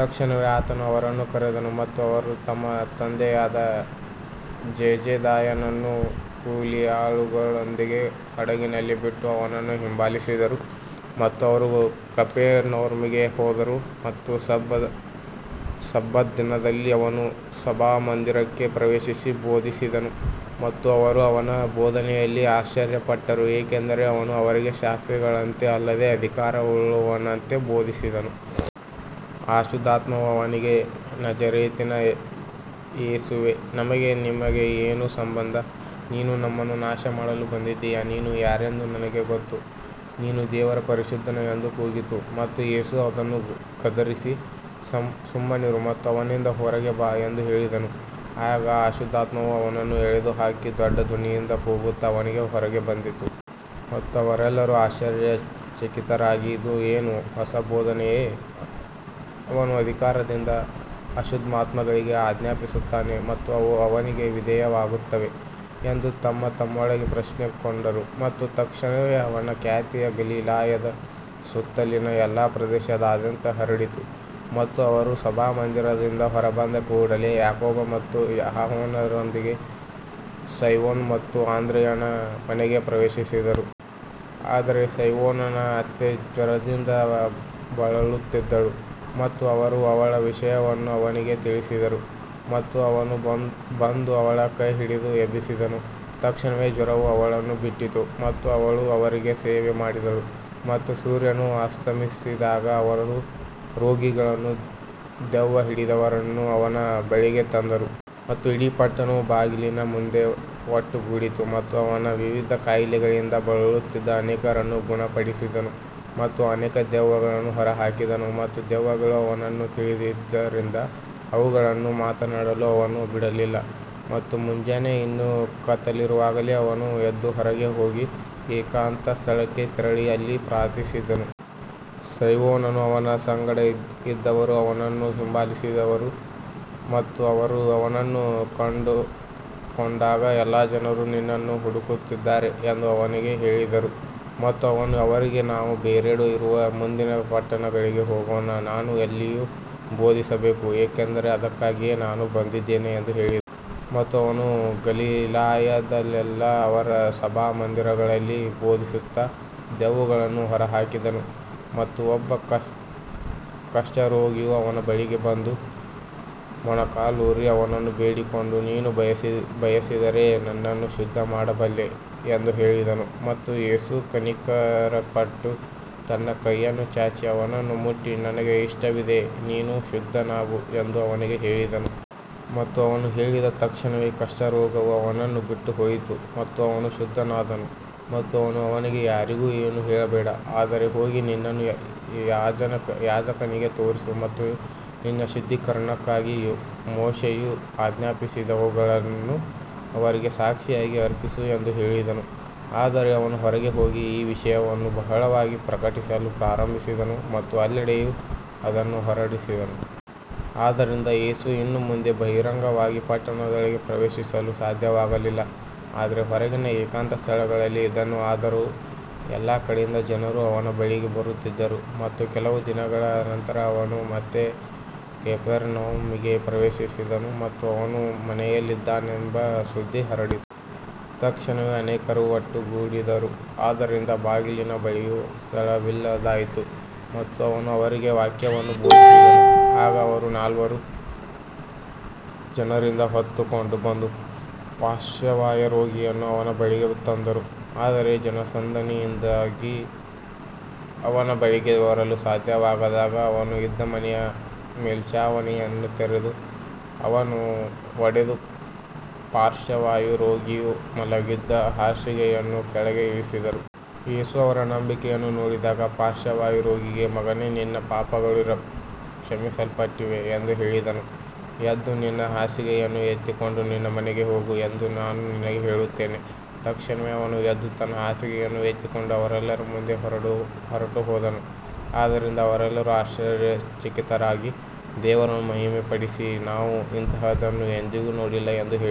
ತಕ್ಷಣವೇ ಆತನು ಅವರನ್ನು ಕರೆದನು ಮತ್ತು ಅವರು ತಮ್ಮ ತಂದೆಯಾದ ಜೆಬೆದಾಯನನ್ನು ಕೂಲಿಯಾಳುಗಳೊಂದಿಗೆ ಹಡಗಿನಲ್ಲಿ ಬಿಟ್ಟು ಅವನನ್ನು ಹಿಂಬಾಲಿಸಿದರು. ಮತ್ತು ಅವರು ಕಪೆರ್ನೌಮಿಗೆ ಹೋದರು ಮತ್ತು ಸಬ್ಬತ್ ದಿನದಲ್ಲಿ ಅವನು ಸಭಾಮಂದಿರಕ್ಕೆ ಪ್ರವೇಶಿಸಿ ಬೋಧಿಸಿದನು. ಮತ್ತು ಅವರು ಅವನ ಬೋಧನೆಯಲ್ಲಿ ಆಶ್ಚರ್ಯಪಟ್ಟರು, ಏಕೆಂದರೆ ಅವನು ಅವರಿಗೆ ಶಾಸ್ತ್ರಿಗಳಂತೆ ಅಲ್ಲದೆ ಅಧಿಕಾರವುಳ್ಳವನಂತೆ ಬೋಧಿಸಿದನು. ಅಶುದ್ಧಾತ್ಮವು ಅವನಿಗೆ, ನಜರೇತಿನ ಯೇಸುವೇ, ನಮಗೂ ನಿನಗೂ ಏನು ಸಂಬಂಧ, ನೀನು ನಮ್ಮನ್ನು ನಾಶಮಾಡಲು ಬಂದಿದ್ದೀಯಾ, ನೀನು ಯಾರೆಂದು ನನಗೆ ಗೊತ್ತು, ನೀನು ದೇವರ ಪರಿಶುದ್ಧನು ಎಂದು ಕೂಗಿತು. ಮತ್ತು ಯೇಸು ಅದನ್ನು ಗದರಿಸಿ, ಸುಮ್ಮನಿರು ಮತ್ತು ಅವನಿಂದ ಹೊರಗೆ ಬಾ ಎಂದು ಹೇಳಿದನು. ಆಗ ಅಶುದ್ಧಾತ್ಮವು ಅವನನ್ನು ಎಳೆದು ಹಾಕಿ ದೊಡ್ಡ ಧ್ವನಿಯಿಂದ ಕೂಗುತ್ತಾ ಅವನಿಂದ ಹೊರಗೆ ಬಂದಿತು. ಮತ್ತು ಅವರೆಲ್ಲರೂ ಆಶ್ಚರ್ಯಚಕಿತರಾಗಿ, ಇದು ಏನು, ಹೊಸ ಬೋಧನೆಯೇ, ಅವನು ಅಧಿಕಾರದಿಂದ ಅಶುದ್ಧಾತ್ಮಗಳಿಗೂ ಆಜ್ಞಾಪಿಸುತ್ತಾನೆ ಮತ್ತು ಅವು ಅವನಿಗೆ ವಿಧೇಯವಾಗುತ್ತವೆ ಎಂದು ತಮ್ಮತಮ್ಮೊಳಗೆ ಪ್ರಶ್ನಿಸಿಕೊಂಡರು. ಮತ್ತು ತಕ್ಷಣವೇ ಅವನ ಖ್ಯಾತಿಯು ಗಲಿಲಾಯದ ಸುತ್ತಲಿನ ಎಲ್ಲಾ ಪ್ರದೇಶದಾದ್ಯಂತ ಹರಡಿತು. ಮತ್ತು ಅವರು ಸಭಾಮಂದಿರದಿಂದ ಹೊರಬಂದ ಕೂಡಲೇ ಯಾಕೋಬ ಮತ್ತು ಯೋಹಾನರೊಂದಿಗೆ ಸೈಮೋನ ಮತ್ತು ಆಂದ್ರೆಯನ ಮನೆಗೆ ಪ್ರವೇಶಿಸಿದರು. ಆದರೆ ಸೈಮೋನನ ಅತ್ತೆ ಜ್ವರದಿಂದ ಬಳಲುತ್ತಿದ್ದಳು ಮತ್ತು ಅವರು ಅವಳ ವಿಷಯವನ್ನು ಅವನಿಗೆ ತಿಳಿಸಿದರು. ಮತ್ತು ಅವನು ಬಂದು ಅವಳ ಕೈಹಿಡಿದು ಎಬ್ಬಿಸಿದನು, ತಕ್ಷಣವೇ ಜ್ವರವು ಅವಳನ್ನು ಬಿಟ್ಟಿತು ಮತ್ತು ಅವಳು ಅವರಿಗೆ ಸೇವೆ ಮಾಡಿದಳು. ಮತ್ತು ಸೂರ್ಯನು ಅಸ್ತಮಿಸಿದಾಗ ಅವರು ರೋಗಿಗಳನ್ನೂ ದೆವ್ವ ಹಿಡಿದವರನ್ನೂ ಅವನ ಬಳಿಗೆ ತಂದರು. ಮತ್ತು ಇಡೀ ಪಟ್ಟಣವು ಬಾಗಿಲಿನ ಮುಂದೆ ಒಟ್ಟುಗೂಡಿತು. ಮತ್ತು ಅವನು ವಿವಿಧ ಕಾಯಿಲೆಗಳಿಂದ ಬಳಲುತ್ತಿದ್ದ ಅನೇಕರನ್ನು ಗುಣಪಡಿಸಿದನು ಮತ್ತು ಅನೇಕ ದೆವ್ವಗಳನ್ನು ಹೊರಹಾಕಿದನು. ಮತ್ತು ದೆವ್ವಗಳು ಅವನನ್ನು ತಿಳಿದಿದ್ದರಿಂದ ಅವುಗಳನ್ನು ಮಾತನಾಡಲು ಅವನು ಬಿಡಲಿಲ್ಲ. ಮತ್ತು ಮುಂಜಾನೆ ಇನ್ನೂ ಕತ್ತಲಿರುವಾಗಲೇ ಅವನು ಎದ್ದು ಹೊರಗೆ ಹೋಗಿ ಏಕಾಂತ ಸ್ಥಳಕ್ಕೆ ತೆರಳಿ ಅಲ್ಲಿ ಪ್ರಾರ್ಥಿಸಿದನು. ಸೈಮೋನನೂ ಅವನ ಸಂಗಡ ಇದ್ದವರೂ ಅವನನ್ನು ಹಿಂಬಾಲಿಸಿದರು. ಮತ್ತು ಅವರು ಅವನನ್ನು ಕಂಡುಕೊಂಡಾಗ, ಎಲ್ಲಾ ಜನರು ನಿನ್ನನ್ನು ಹುಡುಕುತ್ತಿದ್ದಾರೆ ಎಂದು ಅವನಿಗೆ ಹೇಳಿದರು. ಮತ್ತು ಅವನು ಅವರಿಗೆ, ನಾವು ಬೇರೆಡೆ ಇರುವ ಮುಂದಿನ ಪಟ್ಟಣಗಳಿಗೆ ಹೋಗೋಣ, ನಾನು ಅಲ್ಲಿಯೂ ಬೋಧಿಸಬೇಕು, ಏಕೆಂದರೆ ಅದಕ್ಕಾಗಿಯೇ ನಾನು ಬಂದಿದ್ದೇನೆ ಎಂದು ಹೇಳಿದನು. ಮತ್ತು ಅವನು ಗಲಿಲಾಯದಲ್ಲೆಲ್ಲಾ ಅವರ ಸಭಾಮಂದಿರಗಳಲ್ಲಿ ಬೋಧಿಸುತ್ತಾ ದೆವ್ವಗಳನ್ನು ಹೊರಹಾಕಿದನು. ಮತ್ತು ಒಬ್ಬ ಕುಷ್ಠರೋಗಿಯು ಅವನ ಬಳಿಗೆ ಬಂದು, ಮೊಣಕಾಲೂರಿ ಅವನನ್ನು ಬೇಡಿಕೊಂಡು, ನೀನು ಬಯಸಿದರೆ ನನ್ನನ್ನು ಶುದ್ಧಮಾಡಬಲ್ಲೆ ಎಂದು ಹೇಳಿದನು. ಮತ್ತು ಯೇಸು ಕನಿಕರಪಟ್ಟು ತನ್ನ ಕೈಯನ್ನು ಚಾಚಿ ಅವನನ್ನು ಮುಟ್ಟಿ, ನನಗೆ ಇಷ್ಟವಿದೆ, ನೀನು ಶುದ್ಧನಾಗು ಎಂದು ಅವನಿಗೆ ಹೇಳಿದನು. ಮತ್ತು ಅವನು ಹೇಳಿದ ತಕ್ಷಣವೇ ಕುಷ್ಠರೋಗವು ಅವನನ್ನು ಬಿಟ್ಟುಹೋಯಿತು ಮತ್ತು ಅವನು ಶುದ್ಧನಾದನು. ಮತ್ತು ಅವನು ಅವನಿಗೆ, ಯಾರಿಗೂ ಏನೂ ಹೇಳಬೇಡ, ಆದರೆ ಹೋಗಿ ನಿನ್ನನ್ನು ಯಾಜಕನಿಗೆ ತೋರಿಸು ಮತ್ತು ನಿನ್ನ ಶುದ್ಧೀಕರಣಕ್ಕಾಗಿ ಮೋಶೆಯು ಆಜ್ಞಾಪಿಸಿದವುಗಳನ್ನು ಅವರಿಗೆ ಸಾಕ್ಷಿಯಾಗಿ ಅರ್ಪಿಸು ಎಂದು ಹೇಳಿದನು. ಆದರೆ ಅವನು ಹೊರಗೆ ಹೋಗಿ ಈ ವಿಷಯವನ್ನು ಬಹಳವಾಗಿ ಪ್ರಕಟಿಸಲು ಪ್ರಾರಂಭಿಸಿದನು ಮತ್ತು ಎಲ್ಲೆಡೆಯೂ ಅದನ್ನು ಹರಡಿಸಿದನು. ಆದ್ದರಿಂದ ಯೇಸು ಇನ್ನು ಮುಂದೆ ಬಹಿರಂಗವಾಗಿ ಪಟ್ಟಣದೊಳಗೆ ಪ್ರವೇಶಿಸಲು ಸಾಧ್ಯವಾಗಲಿಲ್ಲ, ಆದರೆ ಹೊರಗಿನ ಏಕಾಂತ ಸ್ಥಳಗಳಲ್ಲಿ ಇದ್ದನು. ಆದರೂ ಎಲ್ಲಾ ಕಡೆಯಿಂದ ಜನರು ಅವನ ಬಳಿಗೆ ಬರುತ್ತಿದ್ದರು. ಮತ್ತು ಕೆಲವು ದಿನಗಳ ನಂತರ ಅವನು ಮತ್ತೆ ಕಪೆರ್ನೌಮಿಗೆ ಪ್ರವೇಶಿಸಿದನು ಮತ್ತು ಅವನು ಮನೆಯಲ್ಲಿದ್ದಾನೆಂಬ ಸುದ್ದಿ ಹರಡಿತು. ತಕ್ಷಣವೇ ಅನೇಕರು ಒಟ್ಟುಗೂಡಿದರು, ಆದ್ದರಿಂದ ಬಾಗಿಲಿನ ಬಳಿಯೂ ಸ್ಥಳವಿಲ್ಲದಾಯಿತು, ಮತ್ತು ಅವನು ಅವರಿಗೆ ವಾಕ್ಯವನ್ನು ಬೋಧಿಸಿದನು. ಆಗ ಅವರು ನಾಲ್ವರು ಜನರಿಂದ ಹೊತ್ತುಕೊಂಡು ಬಂದ ಪಾರ್ಶ್ವವಾಯು ರೋಗಿಯನ್ನು ಅವನ ಬಳಿಗೆ ತಂದರು. ಆದರೆ ಜನಸಂದಣಿಯಿಂದಾಗಿ ಅವನ ಬಳಿಗೆ ಬರಲು ಸಾಧ್ಯವಾಗದಾಗ, ಅವನು ಇದ್ದ ಮನೆಯ ಮೇಲ್ಛಾವಣಿಯನ್ನು ತೆರೆದು, ಅದನ್ನು ಒಡೆದು, ಪಾರ್ಶ್ವವಾಯು ರೋಗಿಯು ಮಲಗಿದ್ದ ಹಾಸಿಗೆಯನ್ನು ಕೆಳಗೆ ಇಳಿಸಿದರು. ಯೇಸು ಅವರ ನಂಬಿಕೆಯನ್ನು ನೋಡಿದಾಗ ಪಾರ್ಶ್ವವಾಯು ರೋಗಿಗೆ, ಮಗನೇ, ನಿನ್ನ ಪಾಪಗಳು ಕ್ಷಮಿಸಲ್ಪಟ್ಟಿವೆ ಎಂದು ಹೇಳಿದನು. ಎದ್ದು ನಿನ್ನ ಹಾಸಿಗೆಯನ್ನು ಎತ್ತಿಕೊಂಡು ನಿನ್ನ ಮನೆಗೆ ಹೋಗು ಎಂದು ನಾನು ನಿನಗೆ ಹೇಳುತ್ತೇನೆ. ತಕ್ಷಣವೇ ಅವನು ಎದ್ದು ತನ್ನ ಹಾಸಿಗೆಯನ್ನು ಎತ್ತಿಕೊಂಡು ಅವರೆಲ್ಲರ ಮುಂದೆ ಹೊರಟುಹೋದನು. ಆದ್ದರಿಂದ ಅವರೆಲ್ಲರೂ ಆಶ್ಚರ್ಯಚಕಿತರಾಗಿ ದೇವರನ್ನು ಮಹಿಮೆಪಡಿಸಿ, ನಾವು ಇಂತಹದನ್ನು ಎಂದಿಗೂ ನೋಡಿಲ್ಲ ಎಂದು ಹೇಳಿದರು.